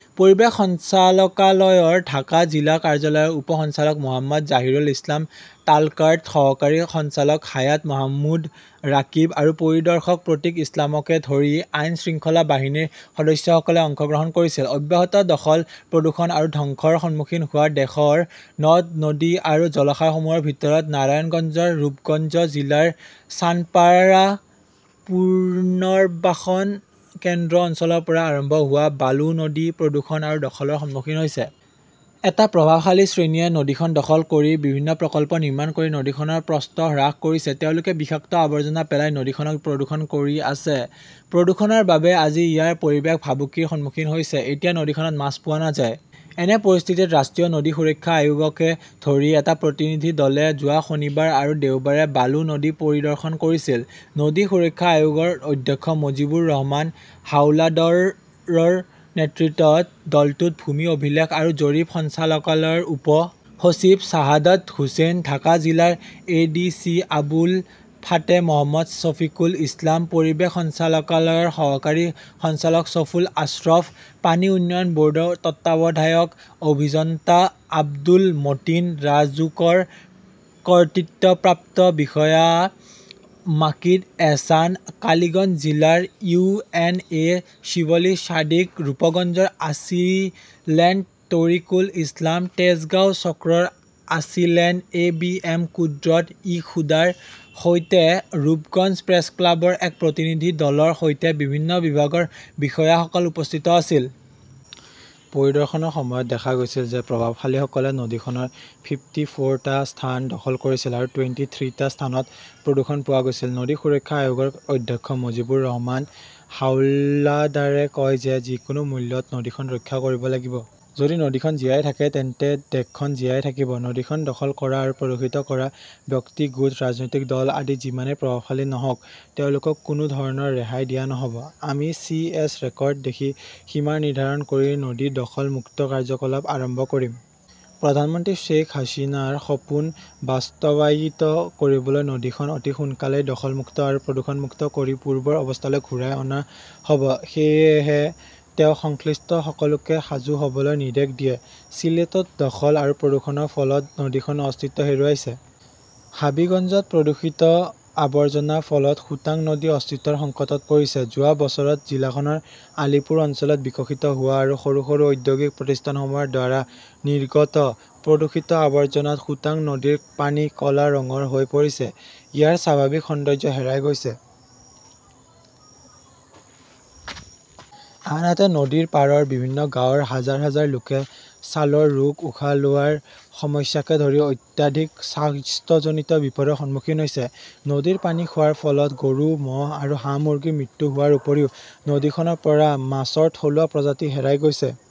পৰিৱেশ সঞ্চালকালয়ৰ ঢাকা, জিলা কাৰ্যালয়ৰ উপ সঞ্চালক মোহাম্মদ জাহিৰুল ইছলাম তালকাৰ্ড, সহকাৰী সঞ্চালক হায়াত মাহমুদ ৰাকিব আৰু পৰিদৰ্শক প্ৰতীক ইছলামকে ধৰি আইন-শৃংখলা বাহিনীৰ সদস্যসকলে অংশগ্ৰহণ কৰিছিল। অব্যাহত দখল, প্ৰদূষণ আৰু ধ্বংসৰ সন্মুখীন হোৱা দেশৰ নদ-নদী আৰু জলাশয়সমূহৰ ভিতৰত, নাৰায়ণগঞ্জৰ ৰূপগঞ্জ জিলাৰ চানপাৰা পুনৰ্বাসন কেন্দ্ৰ অঞ্চলৰ পৰা আৰম্ভ হোৱা বালু নদী, প্ৰদূষণ আৰু দখলৰ সন্মুখীন হৈছে। এটা প্ৰভাৱশালী শ্ৰেণীয়ে নদীখন দখল কৰি বিভিন্ন প্ৰকল্প নিৰ্মাণ কৰি নদীখনৰ প্ৰস্থ হ্ৰাস কৰিছে। তেওঁলোকে বিষাক্ত আৱৰ্জনা পেলাই নদীখনক প্ৰদূষণ কৰি আছে। প্ৰদূষণৰ বাবে আজি ইয়াৰ পৰিৱেশ ভাবুকিৰ সন্মুখীন হৈছে। এতিয়া নদীখনত মাছ পোৱা নাযায়। এনে পৰিস্থিতিত, ৰাষ্ট্ৰীয় নদী সুৰক্ষা আয়োগকে ধৰি এটা প্ৰতিনিধি দলে যোৱা শনিবাৰ আৰু দেওবাৰে বালু নদী পৰিদৰ্শন কৰিছিল। নদী সুৰক্ষা আয়োগৰ অধ্যক্ষ মজিবুৰ ৰহমান হাওলাডাৰৰ নেতৃত্বত দলটোত ভূমি অভিলেখ আৰু জৰীপ সঞ্চালকালয়ৰ উপ সচিব শ্বাহাদাত হোসেন, ঢাকা জিলাৰ A D C Abul Fateh Mohammad Safikul Islam, পৰিৱেশ সঞ্চালকালয়ৰ সহকাৰী সঞ্চালক ছফুল আশ্ৰফ, পানী উন্নয়ন ব'ৰ্ডৰ তত্ত্বাৱধায়ক অভিযন্তা আব্দুল মতিন, ৰাজুকৰ কৰ্তৃত্বপ্ৰাপ্ত বিষয়া মাকিদ এহছান, কালিগঞ্জ জিলাৰ U N O' Shibli Sadiq, ৰূপগঞ্জৰ আছিলেণ্ড তৰিকুল ইছলাম, তেজগাঁও চক্ৰৰ আছিলেণ্ড এ বি এম কুদ্ৰত ই খুদাৰ সৈতে ৰূপগঞ্জ প্ৰেছ ক্লাবৰ এক প্ৰতিনিধি দলৰ সৈতে বিভিন্ন বিভাগৰ বিষয়াসকল উপস্থিত আছিল। পৰিদৰ্শনৰ সময়ত দেখা গৈছে যে, প্ৰভাৱশালীসকলে নদীখনৰ ফিফ্টী ফ'ৰ টা স্থান দখল কৰিছিল আৰু টুৱেন্টি থ্ৰী টা স্থানত প্ৰদূষণ পোৱা গৈছিল। নদী সুৰক্ষা আয়োগৰ অধ্যক্ষ মজিবুৰ ৰহমান হাওলাদাৰে কয় যে, যিকোনো মূল্যত নদীখন ৰক্ষা কৰিব লাগিব। যদি নদীখন জীয়াই থাকে তেন্তে দেশখন জীয়াই থাকিব। নদীখন দখল কৰা আৰু প্ৰদূষিত কৰা ব্যক্তি, গোট, ৰাজনৈতিক দল আদি যিমানেই প্ৰভাৱশালী নহওক, তেওঁলোকক কোনো ধৰণৰ ৰেহাই দিয়া নহ'ব। আমি চি এছ ৰেকৰ্ড দেখি সীমা নিৰ্ধাৰণ কৰি নদী দখল-মুক্ত কাৰ্যকলাপ আৰম্ভ কৰিম। প্ৰধানমন্ত্ৰী শ্বেইখ হাছিনাৰ সপোন বাস্তৱায়িত কৰিবলৈ নদীখন অতি সোনকালেই দখলমুক্ত আৰু প্ৰদূষণমুক্ত কৰি পূৰ্বৰ অৱস্থালৈ ঘূৰাই অনা হ'ব। সেয়েহে তেওঁ সংশ্লিষ্ট সকলোকে সাজু হ'বলৈ নিৰ্দেশ দিয়ে। চিলেটত দখল আৰু প্ৰদূষণৰ ফলত নদীখনে অস্তিত্ব হেৰুৱাইছে। হাভিগঞ্জত প্ৰদূষিত আৱৰ্জনাৰ ফলত সুতাং নদী অস্তিত্বৰ সংকটত পৰিছে। যোৱা বছৰত জিলাখনৰ আলীপুৰ অঞ্চলত বিকশিত হোৱা আৰু সৰু সৰু ঔদ্যোগিক প্ৰতিষ্ঠানসমূহৰ দ্বাৰা নিৰ্গত প্ৰদূষিত আৱৰ্জনাত সুতাং নদীৰ পানী ক'লা ৰঙৰ হৈ পৰিছে। ইয়াৰ স্বাভাৱিক সৌন্দৰ্য্য হেৰাই গৈছে। আনহাতে, নদীৰ পাৰৰ বিভিন্ন গাঁৱৰ হাজাৰ হাজাৰ লোকে ছালৰ ৰোগ, উশাহ লোৱাৰ সমস্যাকে ধৰি অত্যাধিক স্বাস্থ্যজনীত বিপদৰ সন্মুখীন হৈছে। নদীৰ পানী খোৱাৰ ফলত গৰু-ম'হ আৰু হাঁহ-মূৰ্গীৰ মৃত্যু হোৱাৰ উপৰিও নদীখনৰ পৰা মাছৰ থলুৱা প্ৰজাতি হেৰাই গৈছে।